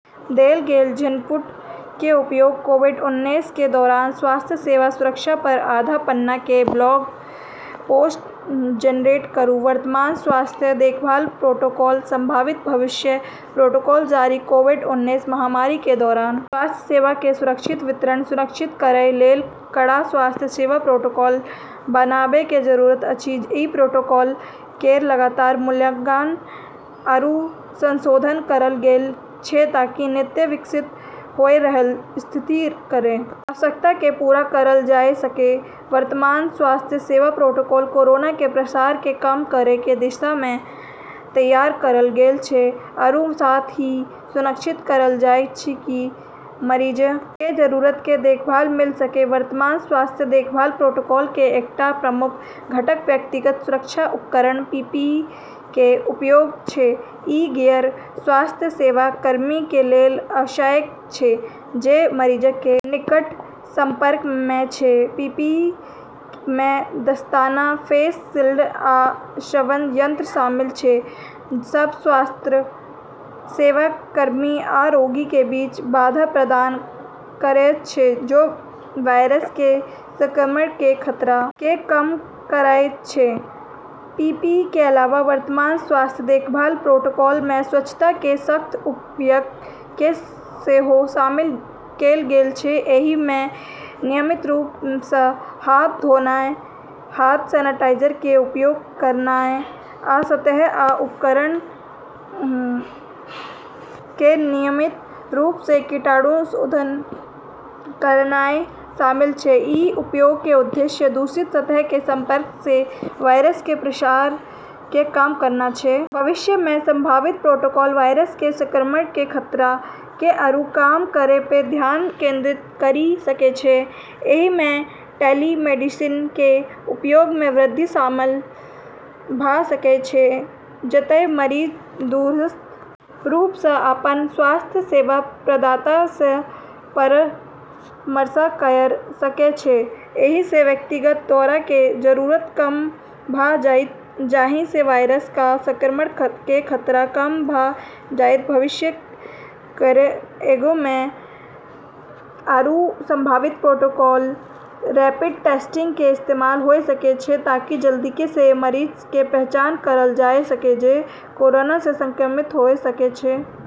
देल गेल इनपुट के उपयोग कोविड उन्नैस के दौरान स्वास्थ्य सेवा सुरक्षा पर आधा पन्ना के ब्लॉग पोस्ट जेनरेट करू, वर्तमान स्वास्थ्य देखभाल प्रोटोकॉल संभावित भविष्य प्रोटोकॉल जारी कोविड उन्नैस महामारी के दौरान स्वास्थ्य सेवा के सुरक्षित वितरण सुनिश्चित करय लेल कड़ा स्वास्थ्य सेवा प्रोटोकॉल बनाबय के जरूरत अछि, ई प्रोटोकॉल केरऽ लगातार मूल्यांकन आरू संशोधन करलऽ गेलऽ छै ताकि नित्य विकसित होय रहलऽ स्थिति केरऽ आवश्यकता क पूरा करलऽ जाय सकै, वर्तमान स्वास्थ्य सेवा प्रोटोकॉल कोरोना के प्रसार के कम करै के दिशा मे तैयार करलऽ गेलऽ छै आरू साथ ही ई सुनिश्चित करलऽ जाय छै कि मरीजऽ के जरूरत के देखभाल मिल सके, वर्तमान स्वास्थ्य देखभाल प्रोटोकॉल कें एकटा प्रमुख घटक व्यक्तिगत सुरक्षा उपकरण (पीपीई) कें उपयोग छै, इ गियर स्वास्थ्य सेवा कर्मी कें लेल आवश्यक छै जे मरीजक कें निकट संपर्क मे छै, पीपीई मे दस्ताना, फेस शील्ड आ श्वसन यंत्र शामिल छै जे सब स्वास्थ्य सेवा कर्मी आ रोगी कें बीच बाधा प्रदान करएयत छै जे वायरस कें संक्रमण कें खतरा कें कम करएयत छै, पीपीई कें अलावा वर्तमान स्वास्थ्य देखभाल प्रोटोकॉल मे स्वच्छता कें सख्त उपायक कें सेहो शामिल कैल गेल छै, एहि मे नियमित रूप सं हाथ धोनाय, हाथ सेनेटाइजर कें उपयोग करनाय आ सतह आ उपकरणक कें नियमित रूप सं कीटाणुशोधन करनाय शामिल छै, ई उपायऽ के उद्देश्य दूषित सतहऽ के संपर्क से वायरस के प्रसार के कम करना छै। भविष्य मे संभावित प्रोटोकॉल वायरस के संक्रमण के खतरा के आरू कम करै पे ध्यान केंद्रित करी सकै छै, एहि मे टेलीमेडिसिन कें उपयोग मे वृद्धि शामिल भ सकय छै जतय मरीज दूरस्थ रूप सं अपन स्वास्थ्य सेवा प्रदाता सं परामर्श कयर सकय छै एहि स व्यक्तिगत दौरा क जरूरत कम भ जाएत जाहि स वायरस क संक्रमण क खतरा कम भ जाएत, भविष्य केरऽ एगो आरू संभावित प्रोटोकॉल रैपिड टेस्टिंग के इस्तेमाल होय सकै छै ताकि जल्दी स मरीजऽ के पहचान करलऽ जाय सके जे कोरोना से संक्रमित होय सकै छै।